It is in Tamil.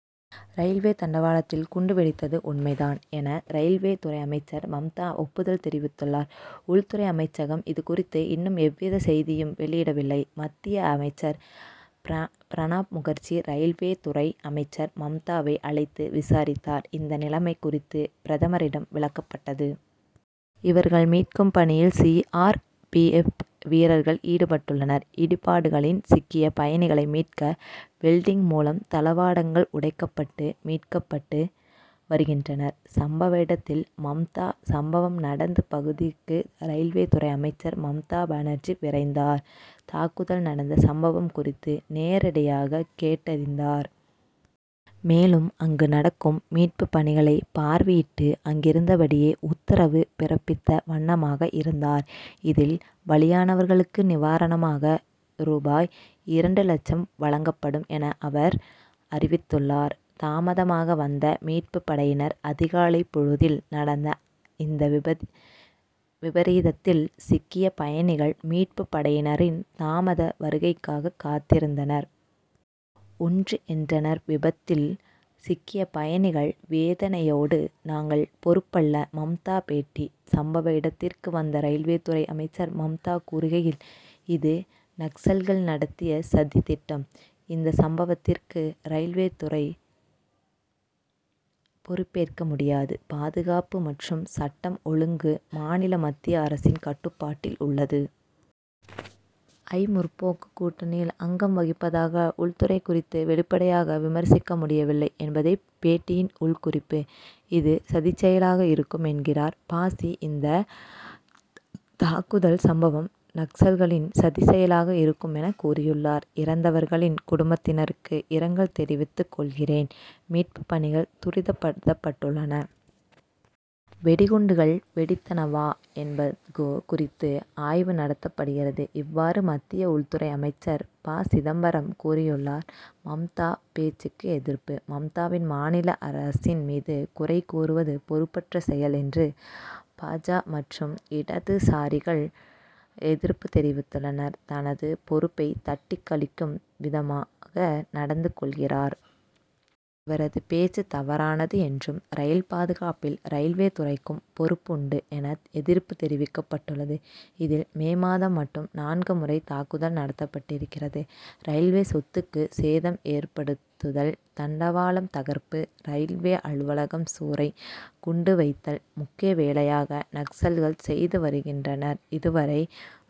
ரயில்வே தண்டவாளத்தில் குண்டு வெடித்தது உண்மை தான் என ரயில்வே துறை அமைச்சர் மம்தா ஒப்புதல் தெரிவித்துள்ளார். உள்துறை அமைச்சகம் இது குறித்து இன்னும் எவ்வித செய்தியும் வெளியிடவில்லை. மத்திய அமைச்சர் பிர பிரணாப்முகர்ஜி, ரயில்வே துறை அமைச்சர் மம்தாவை அழைத்து விசாரித்தார், இந்த நிலைமை குறித்து பிரதமரிடம் விளக்கப்பட்டது. இவர்கள் மீட்கும் பணியில் சி. ஆர். பி. எப்., வீரர்கள் ஈடுபட்டுள்ளனர். இடிபாடுகளில் சிக்கிய பயணிகளை மீட்க வெல்டிங் மூலம் தளவாடங்கள் உடைக்கப்பட்டு மீட்கப்பட்டு வருகின்றனர். சம்பவ இடத்தில் மம்தா: சம்பவம் நடந்து பகுதிக்கு ரயில்வே துறை அமைச்சர் மம்தா பானர்ஜி விரைந்தார். தாக்குதல் நடந்த சம்பவம் குறித்து நேரிடையாக கேட்டறிந்தார். மேலும் அங்கு நடக்கும் மீட்பு பணிகளை பார்வையிட்டு அங்கிருந்தபடியே உத்தரவு பிறப்பித்த வண்ணமாக இருந்தார். இதில் பலியானவர்களுக்கு நிவாரணமாக ரூ. இரண்டு லட்சமும் வழங்கப்படும் என அவர் அறிவித்துள்ளார். தாமதமாக வந்த மீட்பு படையினர்: அதிகாலை பொழுதில் நடந்த இந்த விபத் விபரீதத்தில் சிக்கிய பயணிகள் மீட்பு படையினரின் தாமத வருகைக்காக காத்திருந்தனர். ஒன்று. என்றனர் விபத்தில் சிக்கிய பயணிகள் வேதனையோடு. நாங்கள் பொறுப்பல்ல மம்தா பேட்டி: சம்பவ இடத்திற்கு வந்த ரயில்வே துறை அமைச்சர் மம்தா கூறுகையில்: இது நக்சல்கள் நடத்திய சதி திட்டம். இந்த சம்பவத்திற்கு ரயில்வே துறை பொறுப்பேற்க முடியாது. பாதுகாப்பு மற்றும் சட்டம் ஒழுங்கு மாநில மத்திய அரசின் கட்டுப்பாட்டில் உள்ளது. ஐ. முற்போக்கு கூட்ணியில் அங்கம் வகிப்பதால் உள்துறை குறித்து வெளிப்படையாக விமர்சிக்க முடியவில்லை என்பதே பேட்டியின் உள் குறிப்பு. இது சதிச்செயலாக இருக்கும் என்கிறார் ப. சி., இந்த தாக்குதல் சம்பவம் நக்சல்களின் சதிச்செயலாக இருக்கும் என கூறியுள்ளார். இறந்தவர்களின் குடும்பத்தினருக்கு இரங்கல் தெரிவித்துகொள்கிறேன். மீட்பு பணிகள் துரிதப்படுத்தப்பட்டுள்ளன. வெடிகுண்டுகள் வெடித்தனவா என்பகு குறித்து ஆய்வு நடத்தப்படுகிறது. இவ்வாறு மத்திய உள்துறை அமைச்சர் ப. சிதம்பரம் கூறியுள்ளார். மம்தா பேச்சுக்கு எதிர்ப்பு: மம்தாவின் மாநில அரசின் மீது குறை கூறுவது பொறுப்பற்ற செயல் என்று பா. ஜ., மற்றும் இடதுசாரிகள் எதிர்ப்பு தெரிவித்துள்ளனரர். தனது பொறுப்பை தட்டிக்கழிக்கும் விதமாக நடந்து கொள்கிறார். இவரது பேச்சு தவறானது என்றும் ரயில் பாதுகாப்பில் ரயில்வே துறைக்கும் பொறுப்பு உண்டு என எதிர்ப்பு தெரிவிக்கப்பட்டுள்ளது. இதில் மே மாதம் மட்டும் நான்கு முறை தாக்குதல் நடத்தப்பட்டிருக்கிறது. ரயில்வே சொத்துக்கு சேதம் ஏற்படுத்துதல், தண்டவாளம் தகர்ப்பு, ரயில்வே அலுவலகம் சூறை, குண்டு வைத்தல் முக்கிய வேலையாக நக்சல்கள் செய்து வருகின்றனர். இதுவரை.